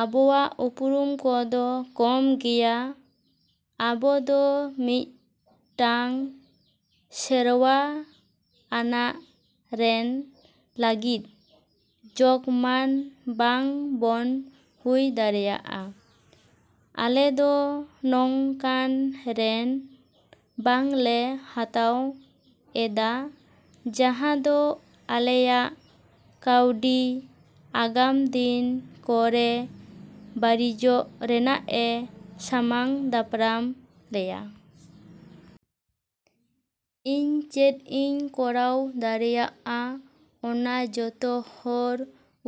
ᱟᱵᱚᱣᱟᱜ ᱩᱯᱟᱹᱭ ᱠᱚ ᱫᱚ ᱠᱚᱢ ᱜᱮᱭᱟ! ᱟᱵᱚ ᱫᱚ ᱢᱤᱫᱴᱟᱝ ᱥᱮᱨᱣᱟ ᱟᱱᱟᱜ ᱨᱤᱱ ᱞᱟᱹᱜᱤᱫ ᱡᱳᱜᱢᱟᱱ ᱵᱟᱝ ᱵᱚᱱ ᱦᱩᱭ ᱫᱟᱲᱮᱭᱟᱜᱼᱟ᱾ ᱟᱞᱮ ᱫᱚ ᱱᱚᱝ ᱠᱟᱱ ᱨᱤᱱ ᱵᱟᱝᱞᱮ ᱦᱟᱛᱟᱣ ᱮᱫᱟ ᱡᱟᱦᱟᱸ ᱫᱚ ᱟᱞᱮᱭᱟᱜ ᱠᱟᱹᱣᱰᱤ ᱟᱜᱟᱢ ᱫᱤᱱ ᱠᱚᱨᱮ ᱵᱟᱹᱲᱤᱡᱚᱜ ᱨᱮᱭᱟᱜ ᱮ ᱥᱟᱢᱟᱝ ᱫᱟᱯᱨᱟᱢ ᱞᱮᱭᱟ! ᱤᱧ ᱪᱮᱫ ᱤᱧ ᱠᱚᱨᱟᱣ ᱫᱟᱲᱮᱹᱭᱟᱜᱼᱟ ᱚᱱᱟ ᱡᱚᱛᱚ ᱦᱚᱲ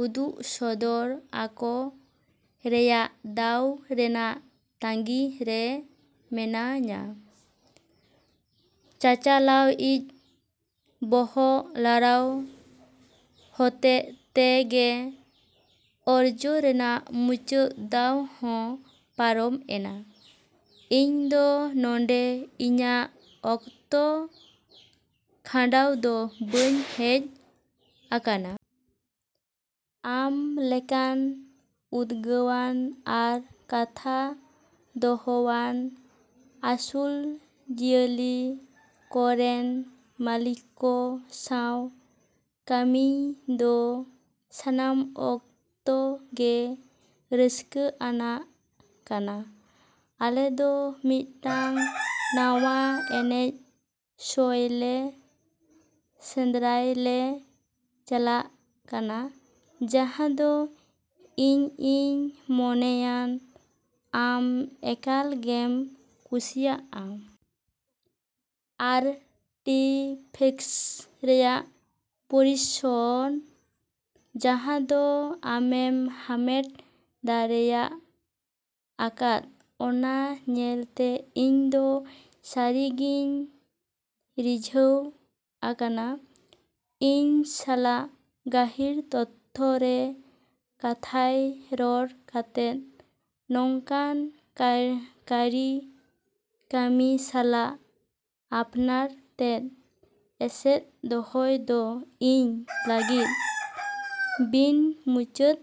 ᱩᱫᱩᱜ ᱥᱚᱫᱚᱨ ᱟᱠᱚ ᱨᱮᱭᱟᱜ ᱫᱟᱣ ᱨᱮᱭᱟᱜ ᱛᱟᱺᱜᱤ ᱨᱮ ᱢᱤᱱᱟᱹᱧᱟ᱾ ᱪᱟᱪᱟᱞᱟᱣᱤᱡᱟᱜ ᱵᱚᱦᱚᱜ ᱞᱟᱲᱟᱣ ᱦᱚᱛᱮ ᱛᱮᱜᱮ ᱚᱨᱡᱚ ᱨᱮᱭᱟᱜ ᱢᱩᱪᱟᱹᱫ ᱫᱟᱣ ᱦᱚᱸ ᱯᱟᱨᱚᱢ ᱮᱱᱟ᱾ ᱤᱧ ᱫᱚ ᱱᱚᱸᱰᱮ ᱤᱧᱟᱹᱜ ᱚᱠᱛᱚ ᱠᱷᱟᱸᱰᱟᱣ ᱫᱚ ᱵᱟᱹᱧ ᱦᱮᱡ ᱟᱠᱟᱱᱟ! ᱟᱢ ᱞᱮᱠᱟᱱ ᱩᱫᱜᱟᱹᱣᱟᱱ ᱟᱨ ᱠᱟᱛᱷᱟ ᱫᱚᱦᱚᱣᱟᱱ ᱟᱹᱥᱩᱞ ᱡᱤᱭᱟᱹᱞᱤ ᱠᱚᱨᱮᱱ ᱢᱟᱹᱞᱤᱠ ᱠᱚ ᱥᱟᱶ ᱠᱟᱹᱢᱤᱭ ᱫᱚ ᱥᱟᱱᱟᱢ ᱚᱠᱛᱚ ᱜᱮ ᱨᱟᱹᱥᱠᱟᱹ ᱟᱱᱟᱜ ᱠᱟᱱᱟ᱾ ᱟᱞᱮ ᱫᱚ ᱢᱤᱫᱴᱟᱝ ᱱᱟᱣᱟ ᱮᱱᱮᱡ ᱥᱳᱭᱞᱤ ᱥᱮᱸᱫᱽᱨᱟᱭ ᱞᱮ ᱪᱟᱞᱟᱜ ᱠᱟᱱᱟ ᱡᱟᱦᱟᱸ ᱫᱚ ᱤᱧᱤᱧ ᱢᱚᱱᱮᱭᱟ ᱟᱢ ᱮᱠᱟᱞ ᱜᱮᱢ ᱠᱩᱥᱤᱭᱟᱜᱼᱟ᱾ ᱟᱨᱴᱤᱯᱷᱮᱠᱴᱥ ᱨᱮᱭᱟᱜ ᱯᱚᱨᱤᱥᱚᱨ ᱡᱟᱦᱟᱸ ᱫᱚ ᱟᱢᱮᱢ ᱦᱟᱢᱮᱴ ᱫᱟᱲᱮᱭᱟᱠᱟᱫ ᱚᱱᱟ ᱧᱮᱞᱛᱮ ᱤᱧ ᱫᱚ ᱥᱟᱹᱨᱤ ᱜᱮᱧ ᱨᱤᱡᱷᱟᱹᱣ ᱟᱠᱟᱱᱟ᱾ ᱤᱧ ᱥᱟᱞᱟᱜ ᱜᱟᱹᱦᱤᱨ ᱛᱷᱚᱠ ᱨᱮ ᱠᱟᱛᱷᱟᱭ ᱨᱚᱲ ᱠᱟᱛᱮᱫ ᱱᱚᱝᱠᱟᱱ ᱠᱟᱹᱨᱤᱠᱟᱹᱢᱤ ᱥᱟᱞᱟᱜ ᱟᱯᱱᱟᱨ ᱛᱮᱫ ᱮᱥᱮᱫ ᱫᱚᱦᱚᱭ ᱫᱚ ᱤᱧ ᱞᱟᱹᱜᱤᱫ ᱵᱤᱱ ᱢᱩᱪᱟᱹᱫ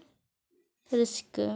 ᱨᱟᱹᱥᱠᱟᱹᱼᱼ